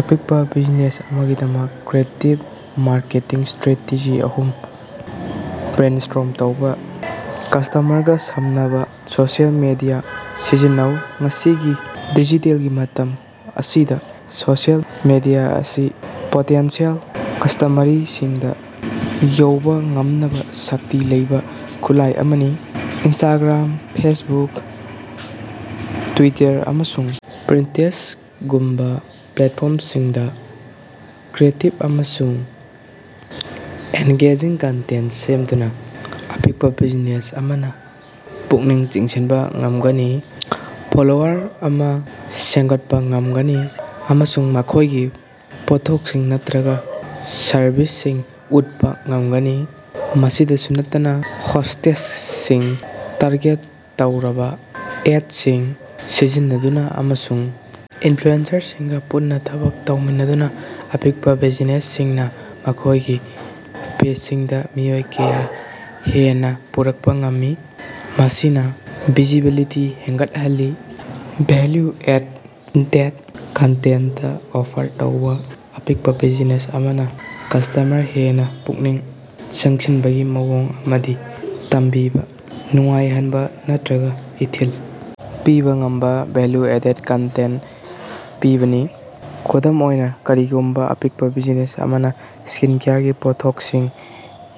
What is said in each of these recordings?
ꯑꯄꯤꯛꯄ ꯕꯤꯖꯤꯅꯦꯁ ꯑꯃꯒꯤꯗꯃꯛ creative marketing strategy ꯑꯍꯨꯝ ꯕ꯭ꯔꯦꯟꯁ꯭ꯇꯣꯔꯝ ꯇꯧꯕ꯫ ꯀꯁꯇꯃꯔꯁꯤꯡꯒ ꯁꯝꯅꯅꯕ ꯁꯣꯁꯤꯑꯦꯜ ꯃꯤꯗꯤꯌꯥ ꯁꯤꯖꯤꯟꯅꯧ: ꯉꯁꯤꯒꯤ ꯗꯤꯖꯤꯇꯦꯜꯒꯤ ꯃꯇꯝ ꯑꯁꯤꯗ ꯁꯣꯁꯤꯌꯦꯜ ꯃꯤꯗꯤꯌꯥ ꯑꯁꯤ ꯄꯣꯇꯦꯟꯁꯤꯌꯦꯜ ꯀꯁ꯭ꯇꯃꯔꯁꯤꯡꯗ ꯌꯧꯕ ꯉꯝꯅꯕ ꯁꯛꯇꯤ ꯂꯩꯕ ꯈꯨꯠꯂꯥꯏ ꯑꯃꯅꯤ꯫ ꯏꯟꯁꯇꯥꯒ꯭ꯔꯥꯝ, ꯐꯦꯁꯕꯨꯛ, ꯇ꯭ꯋꯤꯇꯔ, ꯑꯃꯁꯨꯡ ꯄꯔꯤꯟꯇ꯭ꯔꯦꯁ ꯒꯨꯝꯕ ꯄ꯭ꯂꯦꯠꯐꯣꯔꯝꯁꯤꯡꯗ ꯀ꯭ꯔꯤꯌꯦꯇꯤꯕ ꯑꯃꯁꯨꯡ ꯑꯦꯡꯒꯦꯖꯤꯡ ꯀꯟꯇꯦꯟꯇ ꯁꯦꯝꯗꯨꯅ ꯑꯄꯤꯛꯄ ꯕꯤꯖꯤꯅꯦꯁ ꯑꯃꯅ ꯄꯨꯛꯅꯤꯡ ꯆꯤꯡꯁꯤꯟꯕ ꯉꯝꯒꯅꯤ, ꯐꯣꯂꯣꯋꯔ ꯑꯃ ꯁꯦꯝꯒꯠꯄ ꯉꯝꯒꯅꯤ ꯑꯃꯁꯨꯡ ꯃꯈꯣꯏꯒꯤ ꯄꯣꯠꯊꯣꯛꯁꯤꯡ ꯅꯠꯇ‌꯭ꯔꯒ ꯁꯔꯕꯤꯁꯁꯤꯡ ꯎꯠꯄ ꯉꯝꯒꯅꯤ꯫ ꯃꯁꯤꯗꯁꯨ ꯅꯠꯇꯅ, ꯍꯦꯁꯇꯦꯒꯁꯤꯡ, ꯇꯥꯔꯒꯦꯠ ꯇꯧꯔꯕ ꯑꯦꯗꯁꯤꯡ ꯁꯤꯖꯤꯟꯅꯗꯨꯅ, ꯑꯃꯁꯨꯡ ꯏꯟꯐ꯭ꯂꯨꯑꯦꯟꯁꯔꯁꯤꯡꯒ ꯄꯨꯟꯅ ꯊꯕꯛ ꯇꯧꯃꯤꯟꯅꯗꯨꯅ, ꯑꯄꯤꯛꯄ ꯕꯤꯖꯤꯅꯦꯁꯁꯤꯡꯅ ꯃꯈꯣꯏꯒꯤ ꯄꯦꯖꯁꯤꯡꯗ ꯃꯤꯑꯣꯏ ꯀꯌꯥ ꯍꯦꯟꯅ ꯄꯨꯔꯛꯄ ꯉꯝꯃꯤ, ꯃꯁꯤꯅ ꯚꯤꯖꯤꯕꯤꯂꯤꯇꯤ ꯍꯦꯟꯒꯠꯍꯜꯂꯤ꯫ ꯚꯦꯜꯌꯨ-ꯑꯦꯗꯦꯗ ꯀꯟꯇꯦꯟꯇ ꯑꯣꯐꯔ ꯇꯧꯕ: ꯑꯄꯤꯛꯄ ꯕꯤꯖꯤꯅꯦꯁ ꯑꯃꯅ ꯀꯁ꯭ꯇꯃꯔ ꯍꯦꯟꯅ ꯄꯨꯛꯅꯤꯡ ꯆꯤꯡꯁꯤꯟꯕꯒꯤ ꯃꯑꯣꯡ ꯑꯃꯗꯤ ꯇꯝꯕꯤꯕ, ꯅꯨꯡꯉꯥꯏꯍꯟꯕ ꯅꯠꯇ꯭ꯔꯒ ꯏꯊꯤꯜ ꯄꯤꯕ ꯉꯝꯕ ꯚꯦꯂ꯭ꯌꯨ-ꯑꯦꯗꯦꯗ ꯀꯟꯇꯦꯟꯇ ꯄꯤꯕꯅꯤ꯫ ꯈꯨꯗꯝ ꯑꯣꯏꯅ, ꯀꯔꯤꯒꯨꯝꯕ ꯑꯄꯤꯛꯄ ꯕꯤꯖꯤꯅꯦꯁ ꯑꯃꯅ ꯁ꯭ꯀꯤꯟꯀꯦꯌꯔꯒꯤ ꯄꯣꯠꯊꯣꯛꯁꯤꯡ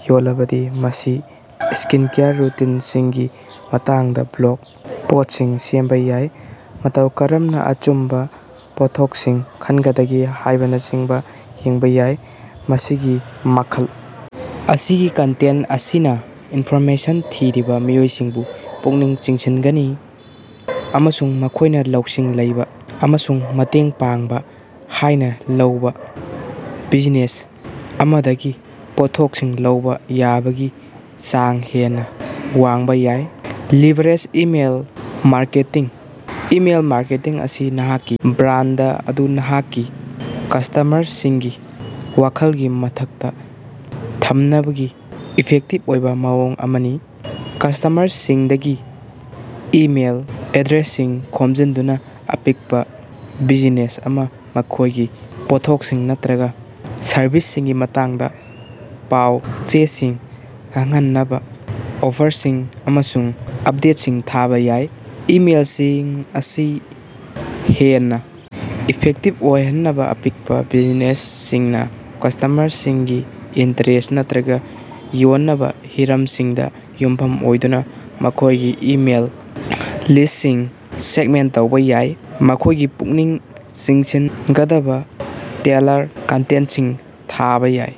ꯌꯣꯜꯂꯕꯗꯤ, ꯃꯁꯤꯅ ꯁ꯭ꯀꯤꯟꯀꯦꯌꯔ ꯔꯨꯇꯤꯟꯁꯤꯡꯒꯤ ꯃꯇꯥꯡꯗ ꯕ꯭ꯂꯣꯒ ꯄꯣꯁ꯭ꯇꯁꯤꯡ ꯁꯦꯝꯕ ꯌꯥꯏ, ꯃꯇꯧ ꯀꯔꯝꯅ ꯑꯆꯨꯝꯕ ꯄꯣꯠꯊꯣꯛꯁꯤꯡ ꯈꯟꯒꯗꯒꯦ ꯍꯥꯏꯕꯅ ꯆꯤꯡꯕ ꯁꯦꯝꯕ ꯌꯥꯏ꯫ ꯃꯁꯤꯒꯤ ꯃꯈꯜ ꯑꯁꯤꯒꯤ ꯀꯟꯇꯦꯟꯇ ꯑꯁꯤꯅ ꯏꯟꯐꯣꯔꯃꯦꯁꯟ ꯊꯤꯔꯤꯕ ꯃꯤꯑꯣꯏꯁꯤꯡꯕꯨ ꯄꯨꯛꯅꯤꯡ ꯆꯤꯡꯁꯤꯟꯒꯅꯤ, ꯑꯃꯁꯨꯡ ꯃꯈꯣꯏꯅ ꯂꯧꯁꯤꯡ ꯂꯩꯕ ꯑꯃꯁꯨꯡ ꯃꯇꯦꯡ ꯄꯥꯡꯕ ꯍꯥꯏꯅ ꯂꯧꯕ ꯕꯤꯖꯤꯅꯦꯁ ꯑꯃꯗꯒꯤ ꯄꯣꯠꯊꯣꯛꯁꯤꯡ ꯂꯧꯕ ꯌꯥꯕꯒꯤ ꯆꯥꯡ ꯍꯦꯟꯅ ꯋꯥꯡꯕ ꯌꯥꯏ꯫ Leverage email marketing: email marketing ꯑꯁꯤ ꯅꯍꯥꯛꯀꯤ ꯕ꯭ꯔꯥꯟꯗ ꯑꯗꯨ ꯅꯍꯥꯛꯀꯤ ꯀꯁ꯭ꯇꯃꯔꯁꯤꯡꯒꯤ ꯋꯥꯈꯜꯒꯤ ꯃꯊꯛꯇ ꯊꯝꯅꯕꯒꯤ ꯏꯐꯦꯛꯇꯤꯕ ꯑꯣꯏꯕ ꯃꯑꯣꯡ ꯑꯃꯅꯤ꯫ ꯀꯁ꯭ꯇꯃꯔꯁꯤꯡꯗꯒꯤ ꯏꯃꯦꯏꯜ ꯑꯦꯗ꯭ꯔꯦꯁꯁꯤꯡ ꯈꯣꯝꯖꯤꯟꯗꯨꯅ ꯑꯄꯤꯛꯄ ꯕꯤꯖꯤꯅꯦꯁ ꯑꯃꯅ ꯃꯈꯣꯏꯒꯤ ꯄꯣꯠꯊꯣꯛꯁꯤꯡ ꯅꯠꯇ꯭ꯔꯒ ꯁꯔꯚꯤꯁꯁꯤꯡꯒꯤ ꯃꯇꯥꯡꯗ ꯄꯥꯎ-ꯆꯦꯁꯤꯡ, ꯑꯈꯟꯅꯕ ꯑꯣꯐꯔꯁꯤꯡ, ꯑꯃꯁꯨꯡ ꯑꯞꯗꯦꯠꯁꯤꯡ ꯊꯥꯕ ꯌꯥꯏ꯫ ꯏꯃꯦꯏꯜꯁꯤꯡ ꯑꯁꯤ ꯍꯦꯟꯅ ꯏꯐꯦꯛꯇꯤꯕ ꯑꯣꯏꯍꯟꯅꯕ ꯑꯄꯤꯛꯄ ꯕꯤꯖꯤꯅꯦꯁꯁꯤꯡꯅ ꯀꯁ꯭ꯇꯃꯔꯁꯤꯡꯒꯤ ꯏꯟꯇ꯭ꯔꯦꯁ ꯅꯠꯇ꯭ꯔꯒ ꯌꯣꯟꯅꯕ ꯍꯤꯁꯇ꯭ꯔꯤꯗ ꯌꯨꯝꯐꯝ ꯑꯣꯏꯗꯨꯅ ꯃꯈꯣꯏꯒꯤ ꯏꯃꯦꯜ ꯂꯤꯁꯇꯁꯤꯡ ꯁꯦꯒꯃꯦꯟꯇ ꯇꯧꯕ ꯌꯥꯏ, ꯃꯈꯣꯏꯒꯤ ꯄꯨꯛꯅꯤꯡ ꯆꯤꯡꯁꯤꯟꯒꯗꯕ ꯇꯦꯜꯂꯔ ꯀꯟꯇꯦꯟꯇꯁꯤꯡ ꯊꯥꯕ ꯌꯥꯏ꯫